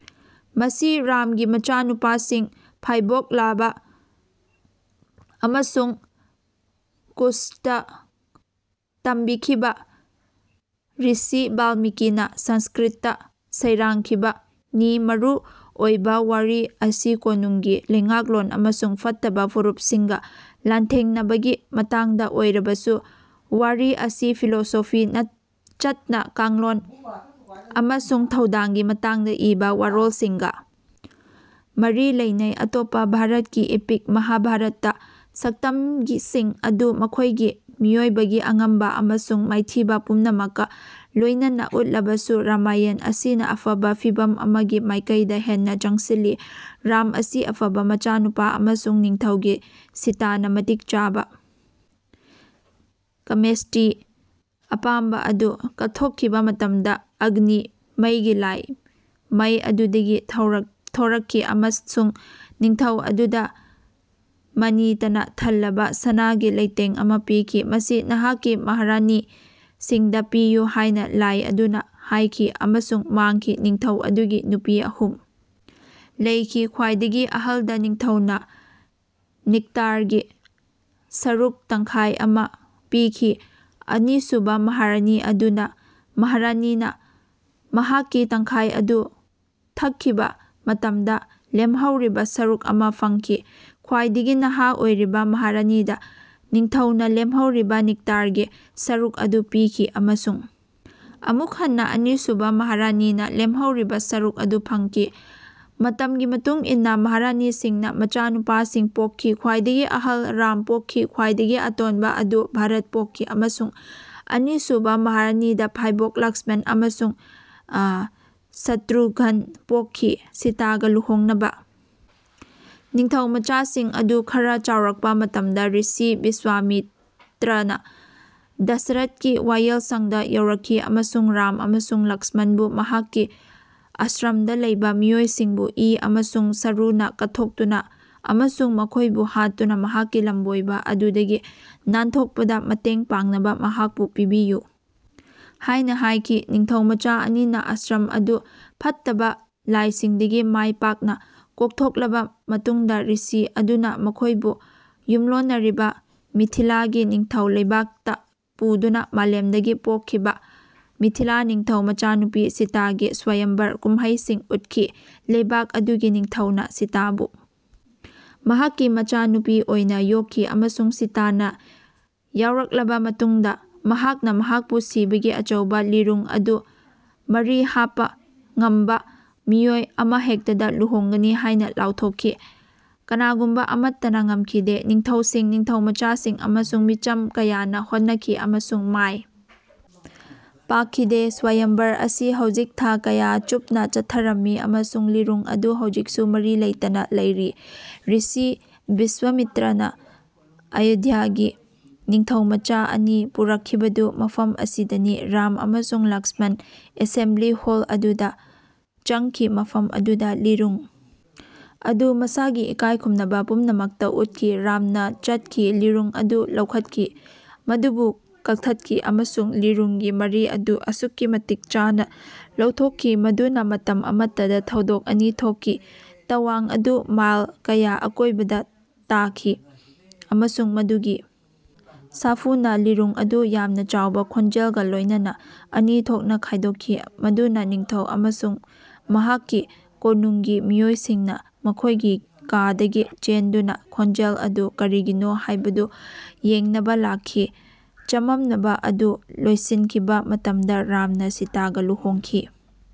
ꯃꯁꯤ ꯔꯥꯝꯒꯤ ꯃꯆꯥꯅꯨꯄꯥꯁꯤꯡ, ꯐꯥꯏꯕꯣꯛ ꯂꯥꯚꯥ ꯑꯃꯁꯨꯡ ꯀꯨꯁꯇ ꯇꯝꯕꯤꯈꯤꯕ ꯔꯤꯁꯤ ꯕꯥꯜꯃꯤꯀꯤꯅ ꯁꯪꯁ꯭ꯀ꯭ꯔꯤꯠꯇ ꯁꯩꯔꯥꯡꯈꯤꯕꯅꯤ꯫ ꯃꯔꯨꯑꯣꯏꯕ ꯋꯥꯔꯤ ꯑꯁꯤ ꯀꯣꯅꯨꯡꯒꯤ ꯂꯩꯉꯥꯛꯂꯣꯟ ꯑꯃꯁꯨꯡ ꯐꯠꯇꯕ ꯐꯨꯔꯨꯞꯁꯤꯡꯒ ꯂꯥꯟꯊꯦꯡꯅꯕꯒꯤ ꯃꯇꯥꯡꯗ ꯑꯣꯏꯔꯕꯁꯨ ꯋꯥꯔꯤ ꯑꯁꯤ ꯐꯤꯂꯣꯁꯣꯐꯤ, ꯆꯠꯅ ꯀꯥꯡꯂꯣꯟ ꯑꯃꯁꯨꯡ ꯊꯧꯗꯥꯡꯒꯤ ꯃꯇꯥꯡꯗ ꯏꯕ ꯋꯥꯔꯣꯜꯁꯤꯡꯒ ꯃꯔꯤ ꯂꯩꯅꯩ꯫ ꯑꯇꯣꯞꯄ ꯚꯥꯔꯠꯀꯤ ꯏꯄꯤꯛ ꯃꯍꯥꯚꯥꯔꯠꯇ ꯁꯛꯇꯝꯁꯤꯡ ꯑꯗꯨ ꯃꯈꯣꯏꯒꯤ ꯃꯤꯑꯣꯏꯕꯒꯤ ꯑꯉꯝꯕ ꯑꯃꯁꯨꯡ ꯃꯥꯏꯊꯤꯕ ꯄꯨꯝꯅꯃꯛꯀ ꯂꯣꯏꯅꯅ ꯎꯠꯂꯕꯁꯨ ꯔꯥꯃꯥꯌꯟ ꯑꯁꯤꯅ ꯑꯐꯕ ꯐꯤꯚꯝ ꯑꯃꯒꯤ ꯃꯥꯏꯀꯩꯗ ꯍꯦꯟꯅ ꯆꯪꯁꯤꯜꯂꯤ꯫ ꯔꯥꯝ ꯑꯁꯤ ꯑꯐꯕ ꯃꯆꯥꯅꯨꯄꯥ ꯑꯃꯁꯨꯡ ꯅꯤꯡꯊꯧꯅꯤ, ꯁꯤꯇꯥꯅ ꯃꯇꯤꯛ ꯆꯥꯕ ꯀꯃꯦꯁ꯭ꯇꯤ ꯑꯄꯥꯝꯕ ꯑꯗꯨ)꯫ ꯀꯠꯊꯣꯛꯈꯤꯕ ꯃꯇꯝꯗ, ꯑꯒꯅꯤ (ꯃꯩꯒꯤ ꯂꯥꯏ) ꯃꯩ ꯑꯗꯨꯗꯒꯤ ꯊꯣꯔꯛꯈꯤ ꯑꯃꯁꯨꯡ ꯅꯤꯡꯊꯧ ꯑꯗꯨꯗ ꯃꯅꯤꯇꯅ ꯊꯜꯂꯕ ꯁꯅꯥꯒꯤ ꯂꯩꯇꯦꯡ ꯑꯃ ꯄꯤꯈꯤ꯫ "ꯃꯁꯤ ꯅꯍꯥꯛꯀꯤ ꯃꯍꯥꯔꯥꯅꯤꯁꯤꯡꯗ ꯄꯤꯌꯨ"ꯍꯥꯏꯅ ꯂꯥꯏ ꯑꯗꯨꯅ ꯍꯥꯏꯈꯤ ꯑꯃꯁꯨꯡ ꯃꯥꯡꯈꯤ꯫ ꯅꯤꯡꯊꯧ ꯑꯗꯨꯒꯤ ꯅꯨꯄꯤ ꯑꯍꯨꯝ ꯂꯩꯈꯤ꯫ ꯈ꯭ꯋꯥꯏꯗꯒꯤ ꯑꯍꯜꯗ ꯅꯤꯡꯊꯧꯅ ꯅꯤꯛꯇꯥꯔꯒꯤ ꯁꯔꯨꯛ ꯇꯪꯈꯥꯏ ꯑꯃ ꯄꯤꯈꯤ ꯑꯅꯤꯁꯨꯕ ꯃꯍꯥꯔꯥꯅꯤ ꯑꯗꯨꯅ ꯃꯍꯥꯔꯥꯅꯤꯅ ꯃꯍꯥꯛꯀꯤ ꯇꯪꯈꯥꯏ ꯑꯗꯨ ꯊꯛꯈꯤꯕ ꯃꯇꯝꯗ ꯂꯦꯝꯍꯧꯔꯤꯕ ꯁꯔꯨꯛ ꯑꯃ ꯐꯪꯈꯤ꯫ ꯈ꯭ꯋꯥꯏꯗꯒꯤ ꯅꯍꯥ ꯑꯣꯏꯔꯤꯕ ꯃꯍꯥꯔꯥꯅꯤꯗ ꯅꯤꯡꯊꯧꯅ ꯂꯦꯝꯍꯧꯔꯤꯕ ꯅꯤꯛꯇꯥꯔꯒꯤ ꯁꯔꯨꯛ ꯑꯗꯨ ꯄꯤꯈꯤ ꯑꯃꯁꯨꯡ ꯑꯃꯨꯛ ꯍꯟꯅ ꯑꯅꯤꯁꯨꯕ ꯃꯍꯥꯔꯥꯅꯤꯅ ꯂꯦꯝꯍꯧꯔꯤꯕ ꯁꯔꯨꯛ ꯑꯗꯨ ꯐꯪꯈꯤ꯫ ꯃꯇꯝꯒꯤ ꯃꯇꯨꯡ ꯏꯟꯅ ꯃꯍꯥꯔꯥꯅꯤꯁꯤꯡꯅ ꯃꯆꯥꯅꯨꯄꯥꯁꯤꯡ ꯄꯣꯛꯈꯤ꯫ ꯈ꯭ꯋꯥꯏꯗꯒꯤ ꯑꯍꯜꯅ ꯔꯥꯝ ꯄꯣꯛꯈꯤ, ꯈ꯭ꯋꯥꯏꯗꯒꯤ ꯑꯇꯣꯟꯕ ꯑꯗꯨꯅ ꯚꯥꯔꯠ ꯄꯣꯛꯈꯤ, ꯑꯃꯁꯨꯡ ꯑꯅꯤꯁꯨꯕ ꯃꯍꯥꯔꯥꯅꯤꯗ ꯐꯥꯏꯕꯣꯛ ꯂꯛ꯭ꯁꯃꯟ ꯑꯃꯁꯨꯡ ꯁꯇ꯭ꯔꯨꯘꯅ ꯄꯣꯛꯈꯤ꯫ ꯁꯤꯇꯥꯒ ꯂꯨꯍꯣꯡꯅꯕ ꯅꯤꯡꯊꯧꯃꯆꯥꯁꯤꯡ ꯑꯗꯨ ꯈꯔ ꯆꯥꯎꯔꯛꯄ ꯃꯇꯝꯗ ꯔꯤꯁꯤ ꯕꯤꯁ꯭ꯋꯥꯃꯤꯇ꯭ꯔꯅ ꯗꯁꯔꯊꯀꯤ ꯋꯥꯌꯦꯜꯁꯪꯗ ꯌꯧꯔꯛꯈꯤ ꯑꯃꯁꯨꯡ ꯔꯥꯝ ꯑꯃꯁꯨꯡ ꯂꯛ꯭ꯁꯃꯟꯕꯨ ꯃꯍꯥꯛꯀꯤ ꯑꯥꯁ꯭ꯔꯝꯗ ꯂꯩꯕ ꯃꯤꯑꯣꯏꯁꯤꯡꯕꯨ ꯏ ꯑꯃꯁꯨꯡ ꯁꯔꯨꯅ ꯀꯠꯊꯣꯛꯇꯨꯅ ꯑꯃꯁꯨꯡ ꯃꯈꯣꯏꯕꯨ ꯍꯥꯠꯇꯨꯅ ꯃꯍꯥꯛꯀꯤ ꯂꯝꯕꯣꯏꯕ ꯑꯗꯨꯗꯒꯤ ꯅꯥꯟꯊꯣꯛꯄꯗ ꯃꯇꯦꯡ ꯄꯥꯡꯅꯕ ꯃꯍꯥꯛꯄꯨ "ꯄꯤꯕꯤꯌꯨ" ꯍꯥꯏꯅ ꯍꯥꯏꯈꯤ꯫ ꯅꯤꯡꯊꯧꯃꯆꯥ ꯑꯅꯤꯅ ꯑꯥꯁ꯭ꯔꯝ ꯑꯗꯨ ꯐꯠꯇꯕ ꯂꯥꯏꯁꯤꯡꯗꯒꯤ ꯃꯥꯏ ꯄꯥꯛꯅ ꯀꯣꯛꯊꯣꯛꯂꯕ ꯃꯇꯨꯡꯗ ꯔꯤꯁꯤ ꯑꯗꯨꯅ ꯃꯈꯣꯏꯕꯨ ꯌꯨꯝꯂꯣꯟꯅꯔꯤꯕ ꯃꯤꯊꯤꯂꯥꯒꯤ ꯅꯤꯡꯊꯧ ꯂꯩꯕꯥꯛꯇ ꯄꯨꯗꯨꯅ ꯃꯥꯂꯦꯝꯗꯒꯤ ꯄꯣꯛꯈꯤꯕ ꯃꯤꯊꯤꯂꯥ ꯅꯤꯡꯊꯧ ꯃꯆꯥꯅꯨꯄꯤ ꯁꯤꯇꯥꯒꯤ ꯁ꯭ꯋꯥꯌꯝꯚꯔ ꯀꯨꯝꯍꯩꯁꯤꯡ ꯎꯠꯈꯤ꯫ ꯂꯩꯕꯥꯛ ꯑꯗꯨꯒꯤ ꯅꯤꯡꯊꯧꯅ ꯁꯤꯇꯥꯕꯨ ꯃꯍꯥꯛꯀꯤ ꯃꯆꯥꯅꯨꯄꯤ ꯑꯣꯏꯅ ꯌꯣꯛꯈꯤ ꯑꯃꯁꯨꯡ ꯁꯤꯇꯥꯅ ꯆꯥꯎꯔꯛꯂꯕ ꯃꯇꯨꯡꯗ ꯃꯍꯥꯛꯅ ꯃꯍꯥꯛꯄꯨ ꯁꯤꯕꯒꯤ ꯑꯆꯧꯕ ꯂꯤꯔꯨꯡ ꯑꯗꯨ ꯃꯔꯤ ꯍꯥꯞꯄ ꯉꯝꯕ ꯃꯤꯑꯣꯏ ꯑꯃꯍꯦꯛꯇꯗ ꯂꯨꯍꯣꯡꯒꯅꯤ ꯍꯥꯏꯅ ꯂꯥꯎꯊꯣꯛꯈꯤ꯫ ꯀꯅꯥꯒꯨꯝꯕ ꯑꯃꯠꯇꯅ ꯉꯝꯈꯤꯗꯦ꯫ ꯅꯤꯡꯊꯧꯁꯤꯡ, ꯅꯤꯡꯊꯧꯃꯆꯥꯁꯤꯡ ꯑꯃꯁꯨꯡ ꯃꯤꯆꯝ ꯀꯌꯥꯅ ꯍꯣꯠꯅꯈꯤ ꯑꯃꯁꯨꯡ ꯃꯥꯏ ꯄꯥꯛꯈꯤꯗꯦ꯫ ꯁ꯭ꯋꯥꯌꯝꯚꯔ ꯑꯁꯤ ꯍꯧꯖꯤꯛ ꯊꯥ ꯀꯌꯥ ꯆꯨꯞꯅ ꯆꯠꯊꯔꯝꯃꯤ ꯑꯃꯁꯨꯡ ꯂꯤꯔꯨꯡ ꯑꯗꯨ ꯍꯧꯖꯤꯛꯁꯨ ꯃꯔꯤ ꯂꯩꯇꯅ ꯂꯩꯔꯤ꯫ ꯔꯤꯁꯤ ꯕꯤꯁ꯭ꯋꯥꯃꯤꯇ꯭ꯔꯅ ꯑꯌꯣꯙ꯭ꯌꯥꯒꯤ ꯅꯤꯡꯊꯧꯃꯆꯥ ꯑꯅꯤ ꯄꯨꯔꯛꯈꯤꯕꯗꯨ ꯃꯐꯝ ꯑꯁꯤꯗꯅꯤ꯫ ꯔꯥꯝ ꯑꯃꯁꯨꯡ ꯂꯛ꯭ꯁꯃꯟ ꯑꯦꯁꯦꯝꯕ꯭ꯂꯤ ꯍꯣꯜ ꯑꯗꯨꯗ ꯆꯪꯈꯤ ꯃꯐꯝ ꯑꯗꯨꯗ ꯂꯤꯔꯨꯡ ꯑꯗꯨ ꯃꯁꯥꯒꯤ ꯏꯀꯥꯏꯈꯨꯝꯅꯕ ꯄꯨꯝꯅꯃꯛꯇ ꯎꯠꯈꯤ꯫ ꯔꯥꯝꯅ ꯆꯠꯈꯤ, ꯂꯤꯔꯨꯡ ꯑꯗꯨ ꯂꯧꯈꯠꯈꯤ, ꯃꯗꯨꯕꯨ ꯀꯛꯊꯠꯈꯤ, ꯑꯃꯁꯨꯡ ꯂꯤꯔꯨꯡꯒꯤ ꯃꯔꯤ ꯑꯗꯨ ꯑꯁꯨꯛꯀꯤ ꯃꯇꯤꯛ ꯆꯥꯅ ꯂꯧꯊꯣꯛꯈꯤ ꯃꯗꯨꯅ ꯃꯇꯝ ꯑꯃꯇꯗ ꯊꯧꯗꯣꯛ ꯑꯅꯤ ꯊꯣꯛꯈꯤ꯫ꯇꯋꯥꯡ ꯑꯗꯨ ꯃꯥꯏꯜ ꯀꯌꯥ ꯑꯀꯣꯏꯕꯗ ꯇꯥꯈꯤ, ꯑꯃꯁꯨꯡ ꯃꯗꯨꯒꯤ ꯁꯥꯐꯨꯅ ꯂꯤꯔꯨꯡ ꯑꯗꯨ ꯌꯥꯝꯅ ꯆꯥꯎꯕ ꯈꯣꯟꯖꯦꯜꯒ ꯂꯣꯏꯅꯅ ꯑꯅꯤ ꯊꯣꯛꯅ ꯈꯥꯏꯗꯣꯛꯈꯤ ꯃꯗꯨꯅ ꯅꯤꯡꯊꯧ ꯑꯃꯁꯨꯡ ꯃꯍꯥꯛꯀꯤ ꯀꯣꯅꯨꯡꯒꯤ ꯃꯤꯑꯣꯏꯁꯤꯡꯅ ꯃꯈꯣꯏꯒꯤ ꯀꯥꯗꯒꯤ ꯆꯦꯟꯗꯨꯅ ꯈꯣꯡꯖꯦꯜ ꯑꯗꯨ ꯀꯔꯤꯒꯤꯅꯣ ꯍꯥꯏꯕꯗꯨ ꯌꯦꯡꯅꯕ ꯂꯥꯛꯈꯤ꯫ ꯆꯃꯝꯅꯕ ꯑꯗꯨ ꯂꯣꯏꯁꯤꯟꯈꯤꯕ ꯃꯇꯝꯗ ꯔꯥꯝꯅ ꯁꯤꯇꯥꯒ ꯂꯨꯍꯣꯡꯈꯤ꯫